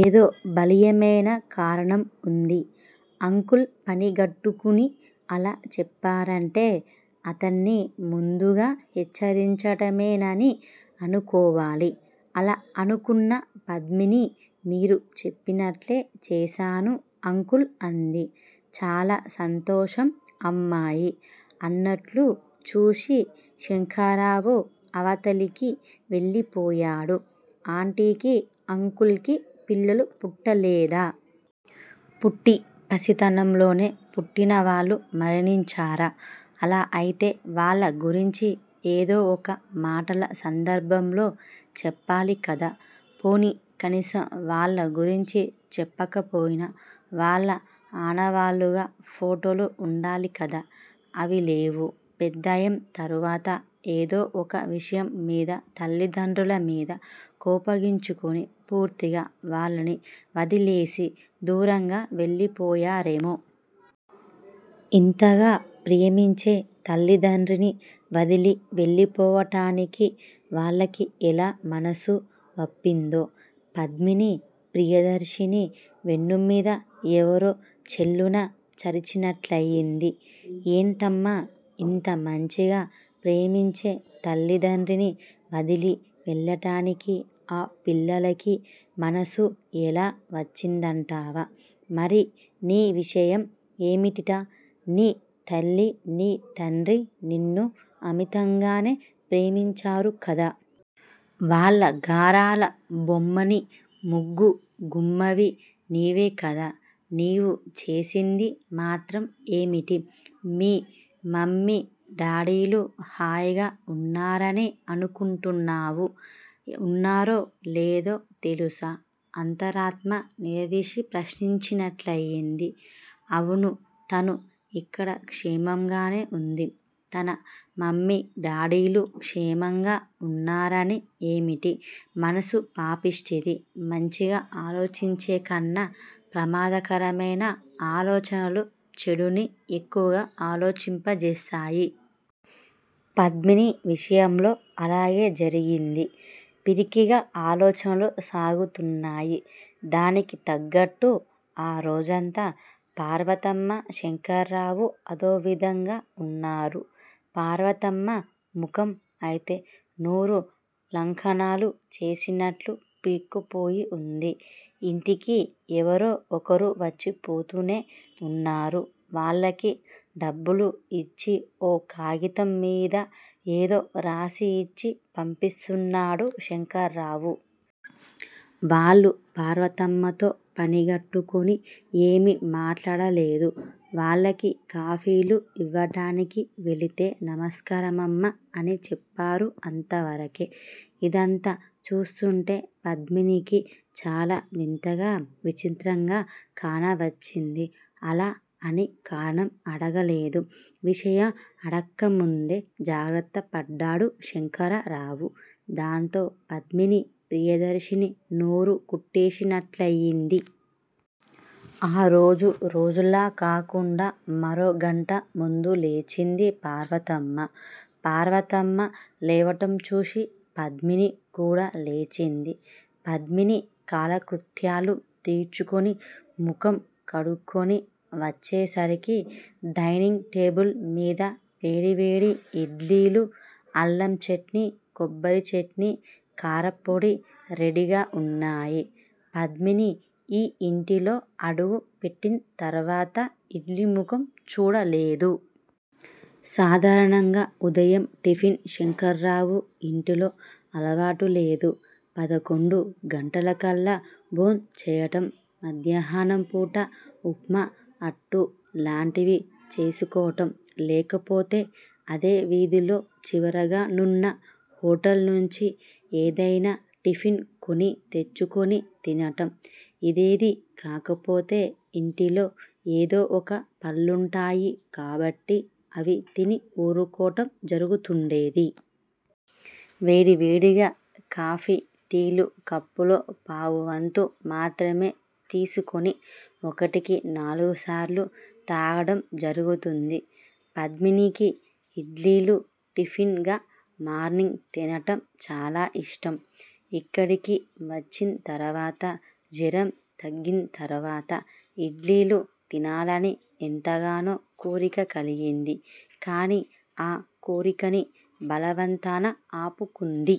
ఏదో బలీయమైన కారణం వుంది. అంకుల్ పనిగట్టుకుని అలా చెప్పారంటే అతన్ని ముందుగా హెచ్చరించటమేనని అనుకోవాలి. అలా అనుకున్న పద్మిని మీరు చెప్పినట్లే చేస్తాను అంకుల్ అంది. చాలా సంతోషం అమ్మాయీ! అన్నట్లు చూసి శంకర్రావు అవతలికి వెళ్ళిపోయాడు. ఆంటీకి, అంకుల్ కి పిల్లలు పుట్టలేదా! పుట్టి పసితనంలోనే పుట్టినవాళ్ళు మరణించారా! అలా అయితే వాళ్ళ గురించి ఏదో ఒక మాటల సందర్భంలో చెప్పాలికదా! పోనీ కనీసం వాళ్ళ గురించి చెప్పకపోయినా వాళ్ళ ఆనవాళ్ళుగా ఫోటోలు వుండాలికదా! అవీలేవు. పెద్దయిం తరువాత ఏదో ఒక విషయం మీద తల్లిదండ్రులమీద కోపగించుకుని పూర్తిగా వాళ్ళని వదిలేసి దూరంగా వెళ్ళిపోయారేమో? ఇంతగా ప్రేమించే తల్లితండ్రిని వదలి వెళ్ళిపోవటానికి వాళ్ళకి ఎలా మనసు వప్పిందో? పద్మిని ప్రియదర్శిని వెన్నుమీద యెవరో చెళ్ళున చరిచినట్లయింది. ఏంటమ్మా! ఇంత మంచిగా ప్రేమించే తల్లి తండ్రిని వదిలి వెళ్ళటానికి ఆ పిల్లలకి మనసు యెలా వచ్చిందంటావా? మరి నీ విషయం ఏమిటిట? నీ తల్లి నీ తండ్రి నిన్ను అమితంగానే ప్రేమించారుకదా! వాళ్ళ గారాల బొమ్మని ముగ్గు గుమ్మవి నీవేకదా! నీవు చేసింది మాత్రం ఏమిటి? మీ మమ్మీ డాడీలు హాయిగా వున్నారని అనుకుంటున్నావు? వున్నారో లేదో తెలుసా? అంతరాత్మ నిలదీసి ప్రశ్నించినట్లయింది. అవును! తను ఇక్కడ క్షేమంగానే వుంది. తన మమ్మీ_డాడీలు క్షేమంగా వున్నారని ఏమిటి? మనసు పాపిష్టిది మంచిగా ఆలోచించేకన్నా ప్రమాదకరమైన ఆలోచనలు చెడుని ఎక్కువగా ఆలోచింపజేస్తాయి. పద్మిని విషయంలో అలాగే జరిగింది. పిరికిగా ఆలోచనలు సాగుతున్నాయి. దానికి తగ్గట్టు ఆరోజంతా పార్వతమ్మ శంకర్రావు అదోవిధంగా వున్నారు. పార్వతమ్మ ముఖం అయితే నూరు లంకణాలు చేసినట్లు పీక్కుపోయివుంది. యింటికి ఎవరో ఒకరువచ్చిపోతూనే వున్నారు. వాళ్ళకి డబ్బులు యిచ్చి ఓ కాగితంమీద ఏదో రాసిఇచ్చి పంపిస్తున్నాడు శంకర్రావు. వాళ్ళు పార్వతమ్మతో పనిగట్టుకుని ఏమీ మాట్లాడలేదు. వాళ్ళకి కాఫీలు యివ్వటానికి వెళితే నమస్కారమమ్మా! అని చెప్పారు అంతవరకే. ఇదంతా చూస్తుంటే పద్మినికి చాలా వింతగా విచిత్రంగా కానవచ్చింది. అలా అని కారణం అడగలేదు. విషయం అడక్కముందే జాగ్రత్తపడ్డాడు శంకరరావు. దాంతో __ పద్మిని ప్రియదర్శిని నోరు కుట్టేసినట్లయింది. ఆ రోజు_ రోజూలాగ కాకుండా మరో గంట ముందులేచింది పార్వతమ్మ. పార్వతమ్మ లేవటంచూసి పద్మిని కూడా లేచింది. పద్మిని కాలకృత్యాలు తీర్చుకుని ముఖం కడుక్కుని వచ్చేసరికి డైనింగ్ టేబుల్ మీద వేడి వేడి ఇడ్లీలు అల్లం చట్నీ కొబ్బరిచట్నీ కారప్పొడి రెడీగా వున్నాయి. పద్మిని ఈ ఇంటిలో అడుగు పెట్టింతర్వాత ఇడ్లీ ముఖం చూడలేదు. సాధారణంగా ఉదయం టిఫిన్ శంకర్రావు ఇంటిలో అలవాటులేదు. పదకొండు గంటలకల్లా భోంచేయటం మధ్యాహ్నంపూట ఉప్మా, అట్టు లాంటివి చేసుకోటం లేకపోతే అదే వీధిలో చివరగానున్న హోటల్ నుంచి ఏదయినా టిఫిన్ కొని తెచ్చుకొని తినటం. ఇదేదీ కాకపోతే ఇంటిలో ఏదో ఒక పళ్ళుంటాయి కాబట్టి అవి తిని ఊరుకోటం జరుగుతుండేది. వేడి వేడిగా కాఫీ, టీ లు కప్పులో పావువంతు మాత్రమే తీసుకొని ఒకటికి నాలుగుసార్లు తాగడం జరుగుతుంది. పద్మినికి ఇడ్లీలు టిఫిన్ గా మార్నింగ్ తినటం చాలా యిష్టం. ఇక్కడికి వచ్చింతర్వాత, జ్వరం తగ్గింతర్వాత ఇడ్లీలు తినాలని ఎంతగానో కోరిక కలిగింది కాని ఆ కోరికని బలవంతాన ఆపుకుంది.